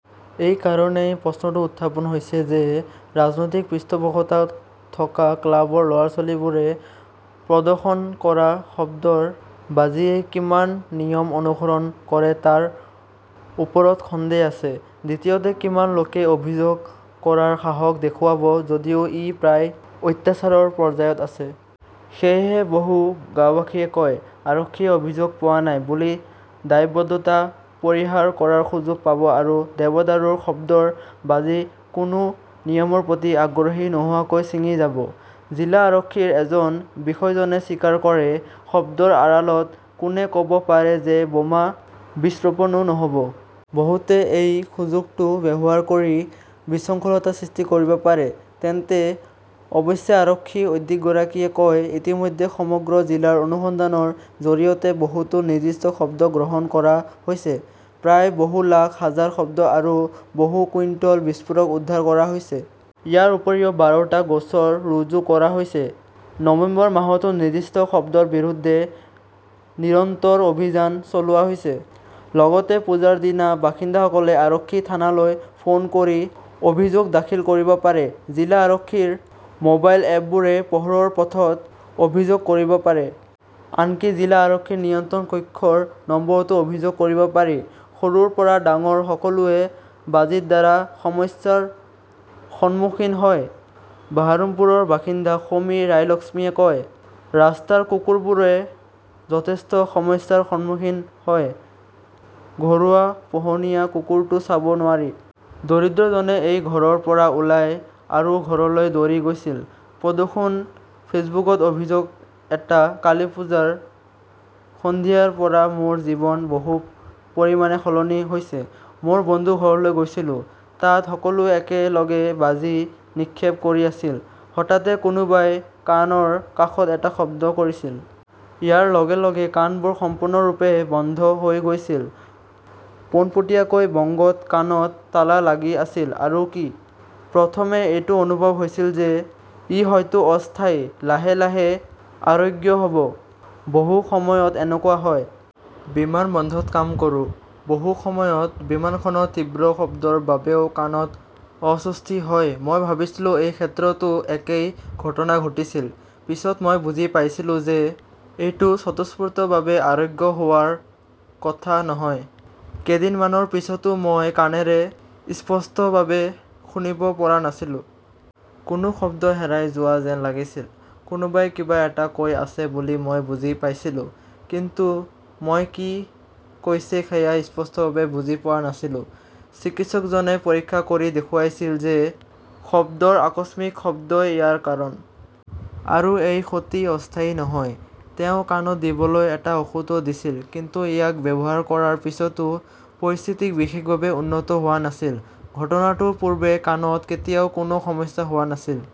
এই কাৰণেই প্ৰশ্নটো উত্থাপন হৈছে যে, ৰাজনৈতিক পৃষ্ঠপোষকতা থকা ক্লাবৰ ল'ৰা-ছোৱালীবোৰে প্ৰদৰ্শন কৰা শব্দৰ বাজিয়ে কিমান নিয়ম অনুসৰণ কৰে তাৰ ওপৰত সন্দেহ আছে। দ্বিতীয়তে, কিমান লোকে অভিযোগ কৰাৰ সাহস দেখুৱাব, যদিও ই প্ৰায় "অত্যাচাৰৰ" পৰ্যায়ত আছে? সেয়েহে বহু গাওঁবাসীয়ে কয়, "আৰক্ষীয়ে 'অভিযোগ পোৱা নাই" বুলি দায়বদ্ধতা পৰিহাৰ কৰাৰ সুযোগ পাব আৰু দেৱদাৰুৰ শব্দৰ বাজি কোনো নিয়মৰ প্ৰতি আগ্ৰহী নোহোৱাকৈ ছিঙি যাব। জিলা আৰক্ষীৰ এজন বিষয়াজনে স্বীকাৰ কৰে, "শব্দৰ আড়ালত কোনে ক "ব পাৰে যে বোমা বিস্ফোৰণো নহ'ব? বহুতে এই সুযোগটো ব্যৱহাৰ কৰি বিশৃংখলতাৰ সৃষ্টি কৰিব পাৰে। তেন্তে ?" অৱশ্যে আৰক্ষী অধীক্ষকগৰাকীয়ে কয়, "ইতিমধ্যে সমগ্ৰ জিলাৰ অনুসন্ধানৰ জৰিয়তে বহুতো নিষিদ্ধ শব্দ গ্ৰহণ কৰা হৈছে। প্ৰায় বহু লাখ, হাজাৰ শব্দ আৰু বহু কুইণ্টল বিস্ফোৰক উদ্ধাৰ কৰা হৈছে। ইয়াৰ উপৰিও বাৰটা গোচৰ ৰুজু কৰা হৈছে। নৱেম্বৰ মাহতো নিষিদ্ধ শব্দৰ বিৰুদ্ধে নিৰন্তৰ অভিযান চলোৱা হৈছে। লগতে পূজাৰ দিনা বাসিন্দাসকলে আৰক্ষী থানালৈ ফোন কৰি অভিযোগ দাখিল কৰিব পাৰে। জিলা আৰক্ষীৰ মোবাইল এপবোৰে "পোহৰৰ পথত" অভিযোগ কৰিব পাৰে। আনকি জিলা আৰক্ষীৰ নিয়ন্ত্ৰণ কক্ষৰ নম্বৰতো অভিযোগ কৰিব পাৰি। "সৰুৰ পৰা ডাঙৰ সকলোৱে বাজিৰ দ্বাৰা সমস্যাৰ সন্মুখীন হয়", বাহৰমপুৰৰ বাসিন্দা সৌমী ৰায়মল্লীকে কয়। ৰাস্তাৰ কুকুৰবোৰে যথেষ্ট সমস্যাৰ সন্মুখীন হয়। ঘৰুৱা পোহনীয়া কুকুৰটো চাব নোৱাৰি। দৰিদ্ৰজনে এই ঘৰৰ পৰা ওলাই আৰু ঘৰলৈ দৌৰি গৈছিল"। প্ৰদূষণ-ফেচবুকত অভিযোগ এটা কালীপুজাৰ সন্ধিয়াৰ পৰা মোৰ জীৱন বহু পৰিমাণে সলনি হৈছে। মই বন্ধুৰ ঘৰলৈ গৈছিলোঁ। তাত সকলোৱে একেলগে বাজি নিক্ষেপ কৰি আছিল। হঠাতে কোনোবাই কাণৰ কাষত এটা শব্দ কৰিছিল। ইয়াৰ লগে লগে কাণবোৰ সম্পূৰ্ণৰূপে বন্ধ হৈ গৈছিল। পোনপটীয়াকৈ বংগত কাণত তালা লাগি আছিল, আৰু কি। প্ৰথমে এইটো অনুভৱ হৈছিল যে, ই হয়তো অস্থায়ী, লাহে লাহে আৰোগ্য হ 'ব। বহু সময়ত এনেকুৱা হয়। বিমানবন্দৰত কাম কৰোঁ। বহু সময়ত বিমানখনৰ তীব্ৰ শব্দৰ বাবেও কাণত অস্বস্তি হয়। মই ভাবিছিলোঁ এই ক্ষেত্ৰতো একেই ঘটনা ঘটিছিল। পিছত মই বুজি পাইছিলোঁ যে, এইটো স্বতঃস্ফুৰ্তভাৱে আৰোগ্য হোৱাৰ কথা নহয়। কেইদিনমানৰ পিছতো মই কাণেৰে স্পষ্টভাৱে শুনিব পৰা নাছিলোঁ। কোনো শব্দ হেৰাই যোৱা যেন লাগিছিল। কোনোবাই কিবা এটা কৈ আছে বুলি মই বুজি পাইছিলোঁ। কিন্তু মই কি কৈছে সেয়া স্পষ্টভাৱে বুজি পোৱা নাছিলোঁ। চিকিৎসকজনে পৰীক্ষা কৰি দেখুৱাইছিল যে, শব্দৰ আকস্মিক শব্দই ইয়াৰ কাৰণ। আৰু এই ক্ষতি অস্থায়ী নহয়। তেওঁ কাণত দিবলৈ এটা ঔষধো দিছিল। কিন্তু ইয়াক ব্যৱহাৰ কৰাৰ পিছতো পৰিস্থিতি বিশেষভাৱে উন্নত হোৱা নাছিল। ঘটনাটোৰ পূৰ্বে কাণত কেতিয়াও কোনো সমস্যা হোৱা নাছিল ।